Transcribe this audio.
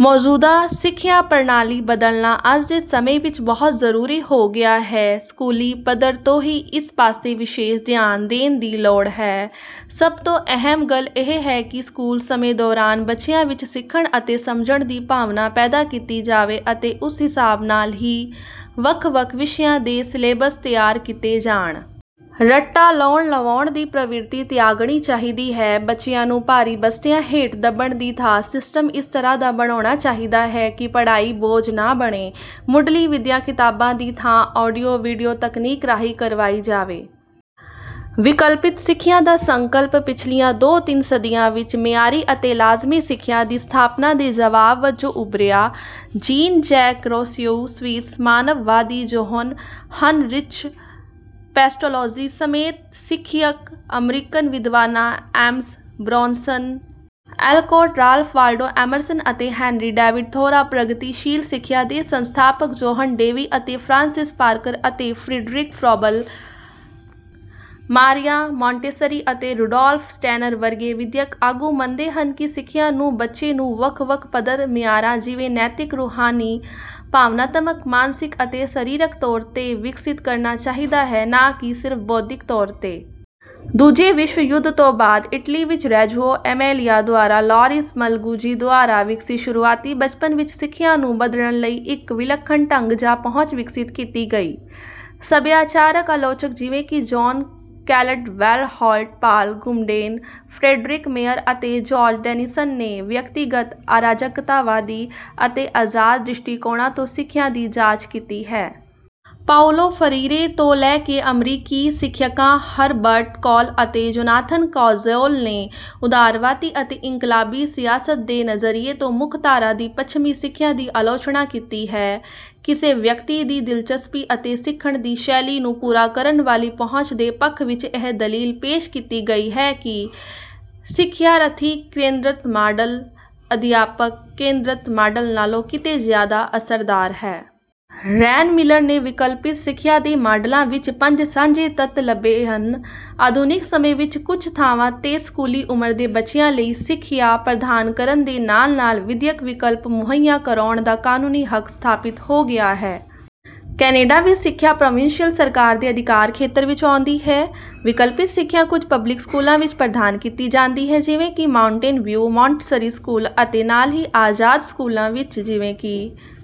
ਮੌਜੂਦਾ ਸਿੱਖਿਆ ਪ੍ਰਣਾਲੀ ਬਦਲਣਾ ਅੱਜ ਦੇ ਸਮੇਂ ਵਿੱਚ ਬਹੁਤ ਜ਼ਰੂਰੀ ਹੋ ਗਿਆ ਹੈ। ਸਕੂਲੀ ਪੱਧਰ ਤੋਂ ਹੀ ਇਸ ਪਾਸੇ ਵਿਸ਼ੇਸ਼ ਧਿਆਨ ਦੇਣ ਦੀ ਲੋੜ ਹੈ। ਸਭ ਤੋਂ ਅਹਿਮ ਗੱਲ ਇਹ ਹੈ ਕਿ ਸਕੂਲ ਸਮੇਂ ਦੌਰਾਨ ਬੱਚਿਆਂ ਵਿੱਚ ਸਿੱਖਣ ਅਤੇ ਸਮਝਣ ਦੀ ਭਾਵਨਾ ਪੈਦਾ ਕੀਤੀ ਜਾਵੇ ਅਤੇ ਉਸ ਹਿਸਾਬ ਨਾਲ ਹੀ ਵੱਖ ਵੱਖ ਵਿਸ਼ਿਆਂ ਦੇ ਸਿਲੇਬਸ ਤਿਆਰ ਕੀਤੇ ਜਾਣ। ਰੱਟਾ ਲਾਉਣ ਲਵਾਉਣ ਦੀ ਪ੍ਰਵਿਰਤੀ ਤਿਆਗਣੀ ਚਾਹੀਦੀ ਹੈ। ਬੱਚਿਆਂ ਨੂੰ ਭਾਰੀ ਬਸਤਿਆਂ ਹੇਠ ਦੱਬਣ ਦੀ ਥਾਂ ਸਿਸਟਮ ਇਸ ਤਰ੍ਹਾਂ ਦਾ ਬਣਾਉਣਾ ਚਾਹੀਦਾ ਹੈ ਕਿ ਪੜ੍ਹਾਈ ਬੋਝ ਨਾ ਬਣੇ। ਮੁੱਢਲੀ ਵਿੱਦਿਆ ਕਿਤਾਬਾਂ ਦੀ ਥਾਂ ਆਡੀਓ ਵੀਡੀਓ ਤਕਨੀਕ ਰਾਹੀਂ ਕਰਵਾਈ ਜਾਵੇ। ਵਿਕਲਪਿਤ ਸਿੱਖਿਆ ਦਾ ਸੰਕਲਪ ਪਿਛਲੀਆਂ ਦੋ ਤਿੰਨ ਸਦੀਆਂ ਵਿੱਚ ਮਿਆਰੀ ਅਤੇ ਲਾਜ਼ਮੀ ਸਿੱਖਿਆ ਦੀ ਸਥਾਪਨਾ ਦੇ ਜਵਾਬ ਵਜੋਂ ਉੱਭਰਿਆ। ਜੀਨ ਜੈਕ ਰੋਸੇਯੂ ਸਵਿੱਸ ਮਾਨਵਵਾਦੀ ਜੋਹਨ ਹਨਰਿਚ ਪੈਸਟੋਲੋਜ਼ੀ ਸਮੇਤ ਸਿੱਖਿਅਕ ਅਮਰੀਕਨ ਵਿਦਵਾਨਾਂ Amos Bronson Alcott Ralph Waldo Emerson ਅਤੇ ਹੈਨਰੀ ਡੇਵਿਡ ਥੋਰਾ ਪ੍ਰਗਤੀਸ਼ੀਲ ਸਿੱਖਿਆ ਦੇ ਸੰਸਥਾਪਕ ਜੌਹਨ ਡੇਵੀ ਅਤੇ ਫਰਾਂਸਿਸ ਪਾਰਕਰ ਅਤੇ ਫਰੀਡਰਿਕ ਫਰੋਬਲ ਮਾਰੀਆ ਮੋਂਟੇਸਰੀ ਅਤੇ ਰੁਡੌਲਫ ਸਟੈਨਰ ਵਰਗੇ ਵਿੱਦਿਅਕ ਆਗੂ ਮੰਨਦੇ ਹਨ ਕਿ ਸਿੱਖਿਆ ਨੂੰ ਬੱਚੇ ਨੂੰ ਵੱਖ ਵੱਖ ਪੱਧਰ ਮਿਆਰਾਂ ਜਿਵੇਂ ਨੈਤਿਕ ਰੂਹਾਨੀ ਭਾਵਨਾਤਮਕ ਮਾਨਸਿਕ ਅਤੇ ਸਰੀਰਕ ਤੌਰ ਤੇ ਵਿਕਸਿਤ ਕਰਨਾ ਚਾਹੀਦਾ ਹੈ ਨਾ ਕਿ ਸਿਰਫ ਬੌਧਿਕ ਤੌਰ ਤੇ। ਦੂਜੇ ਵਿਸ਼ਵ ਯੁੱਧ ਤੋਂ ਬਾਅਦ ਇਟਲੀ ਵਿੱਚ ਰੈਜੂਓ ਏਮੀਲਿਆ ਦੁਆਰਾ ਲੋਰਿਸ ਮਲਗੁਜੀ ਦੁਆਰਾ ਵਿਕਸਿਤ ਸ਼ੁਰੂਆਤੀ ਬਚਪਨ ਵਿੱਚ ਸਿੱਖਿਆ ਨੂੰ ਬਦਲਣ ਲਈ ਇੱਕ ਵਿਲੱਖਣ ਢੰਗ ਜਾਂ ਪਹੁੰਚ ਵਿਕਸਿਤ ਕੀਤੀ ਗਈ। ਸੱਭਿਆਚਾਰਕ ਆਲੋਚਕ ਜਿਵੇਂ ਕਿ John Caldwell Holt Paul Goodman Frederick Mayer ਅਤੇ ਜੌਰਜ ਡੇਨੀਸਨ ਨੇ ਵਿਅਕਤੀਗਤ ਅਰਾਜਕਤਾਵਾਦੀ ਅਤੇ ਆਜ਼ਾਦ ਦ੍ਰਿਸ਼ਟੀਕੋਣਾਂ ਤੋਂ ਸਿੱਖਿਆ ਦੀ ਜਾਂਚ ਕੀਤੀ ਹੈ। ਪਾਓਲੋ ਫਰੀਰੇ ਤੋਂ ਲੈ ਕੇ ਅਮਰੀਕੀ ਸਿੱਖਿਅਕਾਂ ਹਰਬਰਟ ਕੋਲ ਅਤੇ ਜੋਨਾਥਨ ਕੋਜ਼ੋਲ ਨੇ ਉਦਾਰਵਾਦੀ ਅਤੇ ਇਨਕਲਾਬੀ ਸਿਆਸਤ ਦੇ ਨਜ਼ਰੀਏ ਤੋਂ ਮੁੱਖ ਧਾਰਾ ਦੀ ਪੱਛਮੀ ਸਿੱਖਿਆ ਦੀ ਆਲੋਚਨਾ ਕੀਤੀ ਹੈ। ਕਿਸੇ ਵਿਅਕਤੀ ਦੀ ਦਿਲਚਸਪੀ ਅਤੇ ਸਿੱਖਣ ਦੀ ਸ਼ੈਲੀ ਨੂੰ ਪੂਰਾ ਕਰਨ ਵਾਲੀ ਪਹੁੰਚ ਦੇ ਪੱਖ ਵਿੱਚ ਇਹ ਦਲੀਲ ਪੇਸ਼ ਕੀਤੀ ਗਈ ਹੈ ਕਿ ਸਿਖਿਆਰਥੀ ਕੇਂਦਰਤ ਮਾਡਲ ਅਧਿਆਪਕ ਕੇਂਦਰਤ ਮਾਡਲ ਨਾਲੋਂ ਕਿਤੇ ਜਿਆਦਾ ਅਸਰਦਾਰ ਹੈ। ਰੈਨ ਮਿਲਰ ਨੇ ਵਿਕਲਪਿਤ ਸਿੱਖਿਆ ਦੇ ਮਾਡਲਾਂ ਵਿੱਚ ਪੰਜ ਸਾਂਝੇ ਤੱਤ ਲੱਭੇ ਹਨ। ਆਧੁਨਿਕ ਸਮੇਂ ਵਿੱਚ ਕੁਝ ਥਾਵਾਂ ਤੇ ਸਕੂਲੀ ਉਮਰ ਦੇ ਬੱਚਿਆਂ ਲਈ ਸਿੱਖਿਆ ਪ੍ਰਦਾਨ ਕਰਨ ਦੇ ਨਾਲ ਨਾਲ ਵਿੱਦਿਅਕ ਵਿਕਲਪ ਮੁਹੱਈਆ ਕਰਾਉਣ ਦਾ ਕਾਨੂੰਨੀ ਹੱਕ ਸਥਾਪਿਤ ਹੋ ਗਿਆ ਹੈ। ਕੈਨੇਡਾ ਵਿੱਚ ਸਿੱਖਿਆ ਪ੍ਰੋਵਿੰਸ਼ੀਅਲ ਸਰਕਾਰ ਦੇ ਅਧਿਕਾਰ ਖੇਤਰ ਵਿੱਚ ਆਉਂਦੀ ਹੈ। ਵਿਕਲਪਿਤ ਸਿੱਖਿਆ ਕੁਝ ਪਬਲਿਕ ਸਕੂਲਾਂ ਵਿੱਚ ਪ੍ਰਦਾਨ ਕੀਤੀ ਜਾਂਦੀ ਹੈ ਜਿਵੇਂ ਕਿ ਮਾਉਂਟੇਨਵਿਉ ਮੌਂਟਸਰੀ ਸਕੂਲ ਅਤੇ ਨਾਲ ਹੀ ਆਜ਼ਾਦ ਸਕੂਲਾਂ ਵਿੱਚ ਜਿਵੇਂ ਕਿ